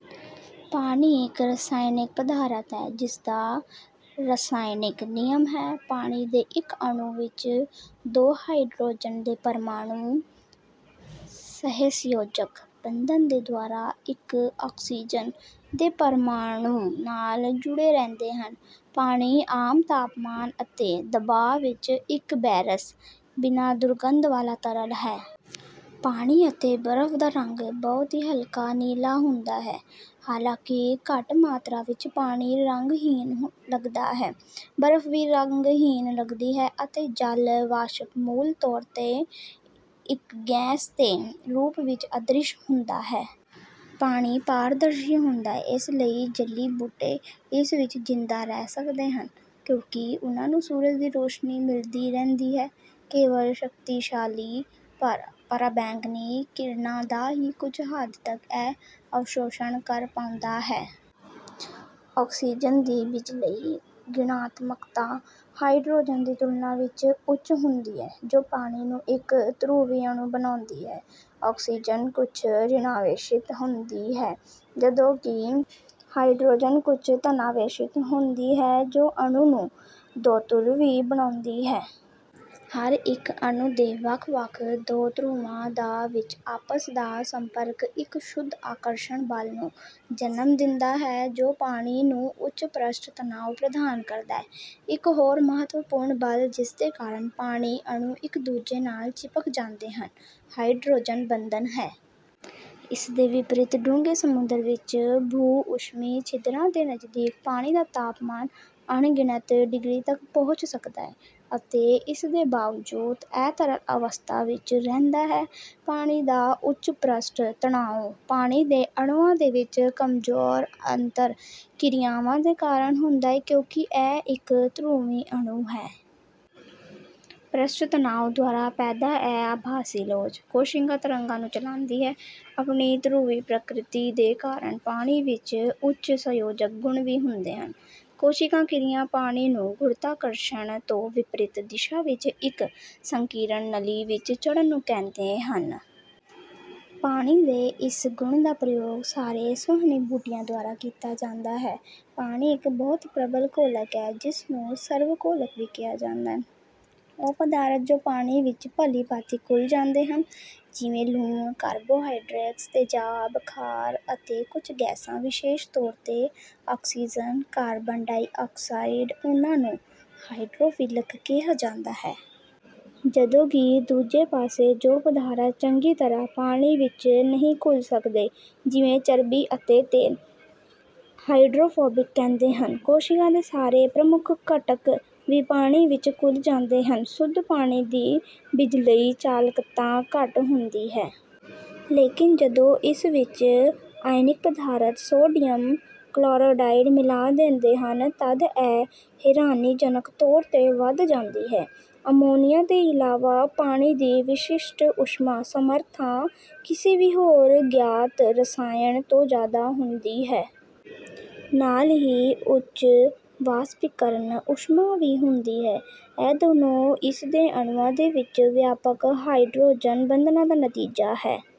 ਪਾਣੀ ਇੱਕ ਰਸਾਇਣਕ ਪਦਾਰਥ ਹੈ ਜਿਸਦਾ ਰਸਾਇਣਕ ਨਿਯਮ ਹੈ: ਪਾਣੀ ਦੇ ਇੱਕ ਅਣੂ ਵਿੱਚ ਦੋ ਹਾਈਡਰੋਜਨ ਦੇ ਪਰਮਾਣੁ ਸਹਿਸੰਯੋਜਕ ਬੰਧਨ ਦੇ ਦੁਆਰਾ ਇੱਕ ਆਕਸੀਜਨ ਦੇ ਪਰਮਾਣੁ ਨਾਲ ਜੁੜੇ ਰਹਿੰਦੇ ਹਨ। ਪਾਣੀ ਆਮ ਤਾਪਮਾਨ ਅਤੇ ਦਬਾਅ ਵਿੱਚ ਇੱਕ ਬੇਰਸ, ਬਿਨਾਂ ਦੁਰਗੰਧ ਵਾਲਾ ਤਰਲ ਹੈ। ਪਾਣੀ ਅਤੇ ਬਰਫ ਦਾ ਰੰਗ ਬਹੁਤ ਹੀ ਹਲਕਾ ਨੀਲਾ ਹੁੰਦਾ ਹੈ, ਹਾਲਾਂਕਿ ਘੱਟ ਮਾਤਰਾ ਵਿੱਚ ਪਾਣੀ ਰੰਗਹੀਨ ਲੱਗਦਾ ਹੈ। ਬਰਫ ਵੀ ਰੰਗਹੀਨ ਲੱਗਦੀ ਹੈ, ਅਤੇ ਜਲ ਵਾਸ਼ਪ ਮੂਲ ਤੌਰ 'ਤੇ ਇੱਕ ਗੈਸ ਦੇ ਰੂਪ ਵਿੱਚ ਅਦ੍ਰਿਸ਼ ਹੁੰਦਾ ਹੈ। ਪਾਣੀ ਪਾਰਦਰਸ਼ੀ ਹੁੰਦਾ ਹੈ, ਇਸ ਲਈ ਜਲੀ ਬੂਟੇ ਇਸ ਵਿੱਚ ਜਿੰਦਾ ਰਹਿ ਸਕਦੇ ਹਨ ਕਿਉਂਕਿ ਉਹਨਾਂ ਨੂੰ ਸੂਰਜ ਦੀ ਰੋਸ਼ਨੀ ਮਿਲਦੀ ਰਹਿੰਦੀ ਹੈ। ਕੇਵਲ ਸ਼ਕਤੀਸ਼ਾਲੀ ਪਰਾਬੈਂਗਨੀ ਕਿਰਨਾਂ ਦਾ ਹੀ ਕੁੱਝ ਹੱਦ ਤੱਕ ਇਹ ਅਵਸ਼ੋਸ਼ਣ ਕਰ ਪਾਉਂਦਾ ਹੈ। ਆਕਸੀਜਨ ਦੀ ਬਿਜਲਈ ਰਿਣਾਤਮਕਤਾ ਹਾਈਡਰੋਜਨ ਦੀ ਤੁਲਣਾ ਵਿੱਚ ਉੱਚ ਹੁੰਦੀ ਹੈ ਜੋ ਪਾਣੀ ਨੂੰ ਇੱਕ ਧਰੁਵੀ ਅਣੂ ਬਣਾਉਂਦੀ ਹੈ। ਆਕਸੀਜਨ ਕੁੱਝ ਰਿਣਾਵੇਸ਼ਿਤ ਹੁੰਦੀ ਹੈ, ਜਦੋਂ ਕਿ ਹਾਈਡਰੋਜਨ ਕੁੱਝ ਧਨਾਵੇਸ਼ਿਤ ਹੁੰਦੀ ਹੈ ਜੋ ਅਣੂ ਨੂੰ ਦੋਧਰੁਵੀ ਬਣਾਉਂਦੀ ਹੈ। ਹਰ ਇੱਕ ਅਣੂ ਦੇ ਵੱਖ ਵੱਖ ਦੋ ਧਰੁਵਾਂ ਦਾ ਵਿੱਚ ਆਪਸ ਦਾ ਸੰਪਰਕ ਇੱਕ ਸ਼ੁੱਧ ਆਕਰਸ਼ਣ ਬਲ ਨੂੰ ਜਨਮ ਦਿੰਦਾ ਹੈ ਜੋ ਪਾਣੀ ਨੂੰ ਉੱਚ ਪ੍ਰਸ਼ਟ ਤਨਾਵ ਪ੍ਰਦਾਨ ਕਰਦਾ ਹੈ। ਇੱਕ ਹੋਰ ਮਹੱਤਵਪੂਰਨ ਬਲ ਜਿਸਦੇ ਕਾਰਨ ਪਾਣੀ ਅਣੂ ਇੱਕ ਦੂਜੇ ਨਾਲ ਚਿਪਕ ਜਾਂਦੇ ਹਨ, ਹਾਈਡਰੋਜਨ ਬੰਧਨ ਹੈ। ਇਸ ਦੇ ਵਿਪਰੀਤ ਡੂੰਘੇ ਸਮੁੰਦਰ ਵਿੱਚ ਭੂ – ਊਸ਼ਮੀ ਛਿਦਰਾਂ ਦੇ ਨਜ਼ਦੀਕ ਪਾਣੀ ਦਾ ਤਾਪਮਾਨ ਅਣਗਿਣਤ ਡਿਗਰੀ ਤੱਕ ਪਹੁੰਚ ਸਕਦਾ ਹੈ ਅਤੇ ਇਸ ਦੇ ਬਾਵਜੂਦ ਇਹ ਤਰਲ ਅਵਸਥਾ ਵਿੱਚ ਰਹਿੰਦਾ ਹੈ। ਪਾਣੀ ਦਾ ਉੱਚ ਪ੍ਰਸ਼ਟ ਤਣਾਉ, ਪਾਣੀ ਦੇ ਅਣੂਆਂ ਦੇ ਵਿੱਚ ਕਮਜੋਰ ਅੰਤਰ ਕਿਰਿਆਵਾਂ ਦੇ ਕਾਰਨ ਹੁੰਦਾ ਹੈ ਕਿਉਂਕਿ ਇਹ ਇੱਕ ਧਰੁਵੀ ਅਣੂ ਹੈ। ਪ੍ਰਸ਼ਟ ਤਨਾਵ ਦੁਆਰਾ ਪੈਦਾ ਇਹ ਆਭਾਸੀ ਲੋਚ, ਕੇਸ਼ਿਕਾ ਤਰੰਗਾਂ ਨੂੰ ਚਲਾਂਦੀ ਹੈ। ਆਪਣੀ ਧਰੁਵੀ ਪ੍ਰਕ੍ਰਿਤੀ ਦੇ ਕਾਰਨ ਪਾਣੀ ਵਿੱਚ ਉੱਚ ਸੰਯੋਜਕ ਗੁਣ ਵੀ ਹੁੰਦੇ ਹਨ। ਕੇਸ਼ਿਕਾ ਕਿਰਿਆ, ਪਾਣੀ ਨੂੰ ਗੁਰੁਤਾਕਰਸ਼ਣ ਤੋਂ ਵਿਪਰੀਤ ਦਿਸ਼ਾ ਵਿੱਚ ਇੱਕ ਸੰਕੀਰਣ ਨਲੀ ਵਿੱਚ ਚੜ੍ਹਨ ਨੂੰ ਕਹਿੰਦੇ ਹਨ। ਪਾਣੀ ਦੇ ਇਸ ਗੁਣ ਦਾ ਪ੍ਰਯੋਗ ਸਾਰੇ ਸੰਵਹਨੀ ਬੂਟਿਆਂ ਦੁਆਰਾ ਕੀਤਾ ਜਾਂਦਾ ਹੈ। ਪਾਣੀ ਇੱਕ ਬਹੁਤ ਪ੍ਰਬਲ ਘੋਲਕ ਹੈ, ਜਿਸ ਨੂੰ ਸਰਵ ਘੋਲਕ ਵੀ ਕਿਹਾ ਜਾਂਦਾ ਹੈ। ਉਹ ਪਦਾਰਥ ਜੋ ਪਾਣੀ ਵਿੱਚ ਭਲੀ ਭਾਂਤੀ ਘੁਲ ਜਾਂਦੇ ਹਨ ਜਿਵੇਂ ਲੂਣ, ਕਾਰਬੋਹਾਈਡ੍ਰੇਟਸ, ਤੇਜਾਬ, ਖਾਰ, ਅਤੇ ਕੁੱਝ ਗੈਸਾਂ ਵਿਸ਼ੇਸ਼ ਤੌਰ 'ਤੇ ਆਕਸੀਜਨ, ਕਾਰਬਨ ਡਾਇਆਕਸਾਈਡ ਉਹਨਾਂ ਨੂੰ ਹਾਈਡਰੋਫਿਲਿਕ ਕਿਹਾ ਜਾਂਦਾ ਹੈ। ਜਦੋਂ ਕਿ ਦੂਜੇ ਪਾਸੇ ਜੋ ਪਦਾਰਥ ਚੰਗੀ ਤਰ੍ਹਾਂ ਪਾਣੀ ਵਿੱਚ ਨਹੀਂ ਘੁਲ ਸਕਦੇ ਜਿਵੇਂ ਚਰਬੀ ਅਤੇ ਤੇਲ, ਹਾਈਡਰੋਫੋਬਿਕ ਕਹਾਂਦੇ ਹਨ। ਕੋਸ਼ਿਕਾ ਦੇ ਸਾਰੇ ਪ੍ਰਮੁੱਖ ਘਟਕ ਵੀ ਪਾਣੀ ਵਿੱਚ ਘੁਲ ਜਾਂਦੇ ਹਨ। ਸ਼ੁੱਧ ਪਾਣੀ ਦੀ ਬਿਜਲਈ ਚਾਲਕਤਾ ਘੱਟ ਹੁੰਦੀ ਹੈ। ਲੇਕਿਨ ਜਦੋਂ ਇਸ ਵਿੱਚ ਆਇਨਕ ਪਦਾਰਥ ਸੋਡੀਅਮ ਕਲੋਰਾਈਡ ਮਿਲਾ ਦਿੰਦੇ ਹਨ ਤੱਦ ਇਹ ਹੈਰਾਨੀਜਨਕ ਤੌਰ 'ਤੇ ਵੱਧ ਜਾਂਦੀ ਹੈ। ਅਮੋਨੀਆ ਦੇ ਇਲਾਵਾ, ਪਾਣੀ ਦੀ ਵਿਸ਼ਿਸ਼ਟ ਊਸ਼ਮਾ ਸਮਰੱਥਾ ਕਿਸੇ ਵੀ ਹੋਰ ਗਿਆਤ ਰਸਾਇਣ ਤੋਂ ਜਿਆਦਾ ਹੁੰਦੀ ਹੈ। ਨਾਲ ਹੀ ਉੱਚ ਵਾਸਪੀਕਰਨ ਊਸ਼ਮਾ ਵੀ ਹੁੰਦੀ ਹੈ। ਇਹ ਦੋਨਾਂ ਇਸ ਦੇ ਅਣੂਆਂ ਦੇ ਵਿੱਚ ਵਿਆਪਕ ਹਾਇਡਰੋਜਨ ਬੰਧਨਾਂ ਦਾ ਨਤੀਜਾ ਹੈ।